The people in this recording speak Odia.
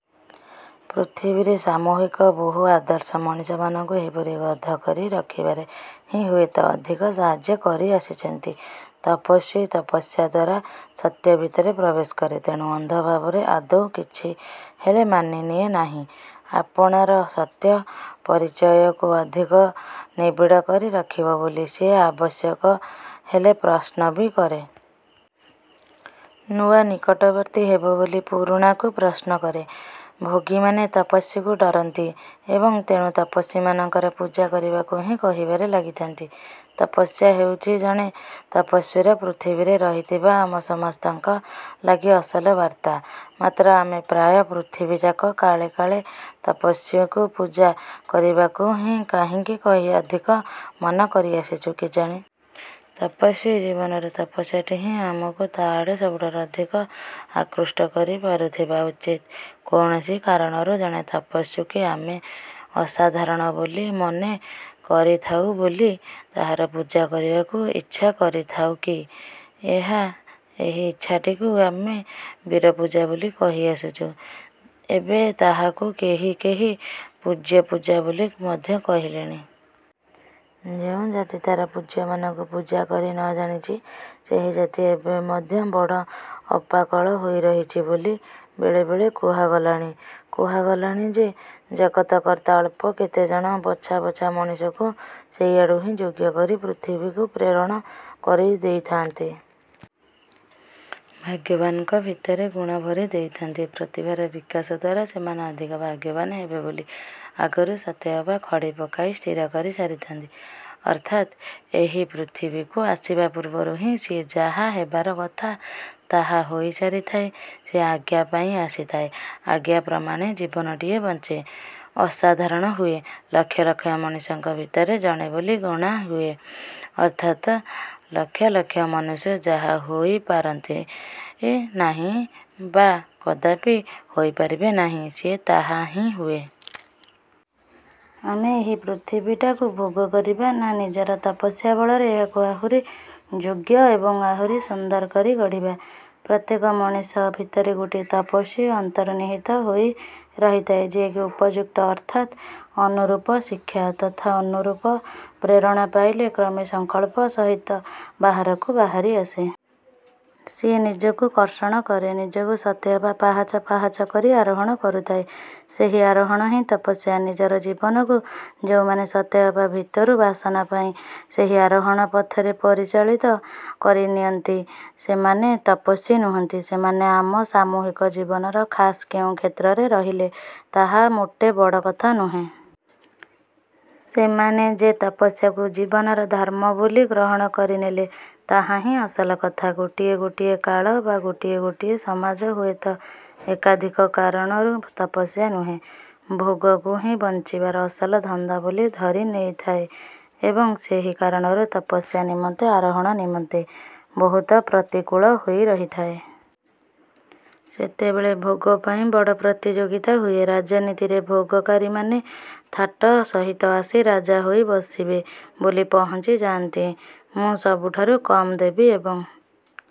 ପୃଥିବୀରେ ସାମୂହିକ ବହୁ ଆଦର୍ଶ ମଣିଷମାନଙ୍କୁ ଏହିପରି ଗଧ କରି ରଖିବାରେ ହିଁ ହୁଏତ ଅଧିକ ସାହାଯ୍ୟ କରି ଆସିଛନ୍ତି। ତପସ୍ୱୀ ତପସ୍ୟା ଦ୍ୱାରା ସତ୍ୟ ଭିତରେ ପ୍ରବେଶ କରେ। ତେଣୁ ଅନ୍ଧ ଭାବରେ ଆଦୌ କିଛିହେଲେ ମାନି ନିଏ ନାହିଁ। ଆପଣାର ସତ୍ୟ ପରିଚୟକୁ ଅଧିକ ନିବିଡ଼ କରି ରଖିବ ବୋଲି ସିଏ ଆବଶ୍ୟକ ହେଲେ ପ୍ରଶ୍ନ ବି କରେ। ନୂଆ ନିକଟବର୍ତ୍ତୀ ହେବ ବୋଲି ପୁରୁଣାକୁ ପ୍ରଶ୍ନ କରେ। ଭୋଗୀମାନେ ତପସ୍ୱୀକୁ ଡ଼ରନ୍ତି ଏବଂ ତେଣୁ ତପସ୍ୱୀମାନଙ୍କର ପୂଜା କରିବାକୁ ହିଁ କହିବାରେ ଲାଗିଥାନ୍ତି। ତପସ୍ୟା ହେଉଛି ଜଣେ ତପସ୍ୱୀର ପୃଥିବୀରେ ରହିଥିବା ଆମ ସମସ୍ତଙ୍କ ଲାଗି ଅସଲ ବାର୍ତ୍ତା। ମାତ୍ର ଆମେ ପ୍ରାୟ ପୃଥିବୀଯାକ କାଳେ କାଳେ ତପସ୍ୱୀକୁ ପୂଜା କରିବାକୁ ହିଁ କାହିଁକି ଅଧିକ ମନ କରିଆସିଛୁ କେଜାଣି? ତପସ୍ୱୀ ଜୀବନର ତପସ୍ୟାଟି ହିଁ ଆମକୁ ତା ଆଡ଼େ ସବୁଠାରୁ ଅଧିକ ଆକୃଷ୍ଟ କରି ପାରୁଥିବା ଉଚିତ। କୌଣସି କାରଣରୁ ଜଣେ ତପସ୍ୱୀକୁ ଆମେ ଅସାଧାରଣ ବୋଲି ମନେ କରିଥାଉ ବୋଲି ତାହାର ପୂଜା କରିବାକୁ ଇଚ୍ଛା କରିଥାଉ କି? ଏହା ଏହି ଇଚ୍ଛାଟିକୁ ଆମେ ବୀରପୂଜା ବୋଲି କହି ଆସିଛୁ, ଏବେ ତାହାକୁ କେହି କେହି ପୂଜ୍ୟପୂଜା ବୋଲି ମଧ୍ୟ କହିଲେଣି। ଯେଉଁ ଜାତି ତାର ପୂଜ୍ୟମାନଙ୍କୁ ପୂଜା କରି ନଜାଣିଛି, ସେହି ଜାତି ଏବେ ମଧ୍ୟ ବଡ଼ ଅପାକଳ ହୋଇ ରହିଛି ବୋଲି ବେଳେବେଳେ କୁହାଗଲାଣି। କୁହାଗଲାଣି ଯେ ଜଗତକର୍ତ୍ତା ଅଳ୍ପ କେତେଜଣ ବଛା ବଛା ମଣିଷଙ୍କୁ ସେଇଆଡୁ ହିଁ ଯୋଗ୍ୟ କରି ପୃଥିବୀକୁ ପ୍ରେରଣ କରିଥାଆନ୍ତି । ସେମାନଙ୍କ ଭିତରେ ଗୁଣ ଭରି ଦେଇଥାଆନ୍ତି, ପ୍ରତିଭାର ବିକାଶ ଦ୍ଵାରା ସେମାନେ ଅଧିକ ଭାଗ୍ୟବାନ ହେବେ ବୋଲି ଆଗରୁ ସତେଅବା ଖଡ଼ି ପକାଇ ସ୍ଥିର କରି ସାରିଥାନ୍ତି। ଅର୍ଥାତ୍ ଏହି ପୃଥିବୀକୁ ଆସିବା ପୂର୍ବରୁ ହିଁ ସିଏ ଯାହା ହେବାର କଥା, ତାହା ହୋଇସାରିଥାଏ। ସିଏ ଆଜ୍ଞା ପାଇ ଆସିଥାଏ, ଆଜ୍ଞା ପ୍ରମାଣେ ଜୀବନଟିଏ ବଞ୍ଚେ, ଅସାଧାରଣ ହୁଏ, ଲକ୍ଷ ଲକ୍ଷ ମଣିଷଙ୍କ ଭିତରେ ଜଣେ ବୋଲି ଗଣାହୁଏ ଅର୍ଥାତ୍ ଲକ୍ଷ ଲକ୍ଷ ମନୁଷ୍ୟ ଯାହା ହୋଇପାରନ୍ତି ନାହିଁ ବା କଦାପି ହୋଇପାରିବେ ନାହିଁ, ସିଏ ତାହା ହିଁ ହୁଏ। ଆମେ ଏହି ପୃଥିବୀଟାକୁ ଭୋଗ କରିବା ନା ନିଜର ତପସ୍ୟା ବଳରେ ଏହାକୁ ଆହୁରି ଯୋଗ୍ୟ ଏବଂ ଆହୁରି ସୁନ୍ଦର କରି ଗଢ଼ିବା? ପ୍ରତ୍ୟେକ ମଣିଷ ଭିତରେ ଗୋଟିଏ ତପସ୍ଵୀ ଅନ୍ତର୍ନିହିତ ହୋଇ ରହିଥାଏ, ଯିଏକି ଉପଯୁକ୍ତ ଅର୍ଥାତ୍ ଅନୁରୂପ ଶିକ୍ଷା ତଥା ଅନୁରୂପ ପ୍ରେରଣା ପାଇଲେ କ୍ରମେ ସଂକଳ୍ପ ସହିତ ବାହାରକୁ ବାହାରି ଆସେ। ସିଏ ନିଜକୁ କର୍ଷଣ କରେ। ନିଜକୁ ସତେ ଅବା ପାହାଚ ପାହାଚ କରି ଆରୋହଣ କରୁଥାଏ। ସେହି ଆରୋହଣ ହିଁ ତପସ୍ୟା। ନିଜର ଜୀବନକୁ ଯେଉଁମାନେ ସତେ ଅବା ଭିତରୁ ବାସନା ପାଇ ସେହି ଆରୋହଣ ପଥରେ ପରିଚାଳିତ କରିନିଅନ୍ତି, ସେମାନେ ତପସ୍ୱୀ ହୁଅନ୍ତି। ସେମାନେ ଆମ ସାମୂହିକ ଜୀବନର ଖାସ୍ କେଉଁ କ୍ଷେତ୍ରରେ ରହିଲେ ତାହା ମୋଟେ ବଡ଼ କଥା ନୁହେଁ। ସେମାନେ ଯେ ତପସ୍ୟାକୁ ଜୀବନର ଧର୍ମ ବୋଲି ଗ୍ରହଣ କରିନେଲେ ତାହା ହିଁ ଅସଲ କଥା। ଗୋଟିଏ ଗୋଟିଏ କାଳ ବା ଗୋଟିଏ ଗୋଟିଏ ସମାଜ ହୁଏତ ଏକାଧିକ କାରଣରୁ ତପସ୍ୟା ନୁହେଁ, ଭୋଗକୁ ହିଁ ବଞ୍ଚିବାର ଅସଲ ଧନ୍ଦା ବୋଲି ଧରି ନେଇଥାଏ ଏବଂ ସେହି କାରଣରୁ ତପସ୍ୟ ନିମନ୍ତେ ଆରୋହଣ ନିମନ୍ତେ ବହୁତ ପ୍ରତିକୂଳ ହୋଇ ରହିଥାଏ। ସେତେବେଳେ ଭୋଗ ପାଇଁ ବଡ଼ ପ୍ରତିଯୋଗିତା ହୁଏ। ରାଜନୀତିରେ ଭୋଗକାରୀମାନେ ଥାଟ ସହିତ ଆସି ରାଜା ହୋଇ ବସିବେ ବୋଲି ପହଞ୍ଚି ଯାଆନ୍ତି। ମୁଁ ସବୁଠାରୁ କମ୍ ଦେବି ଏବଂ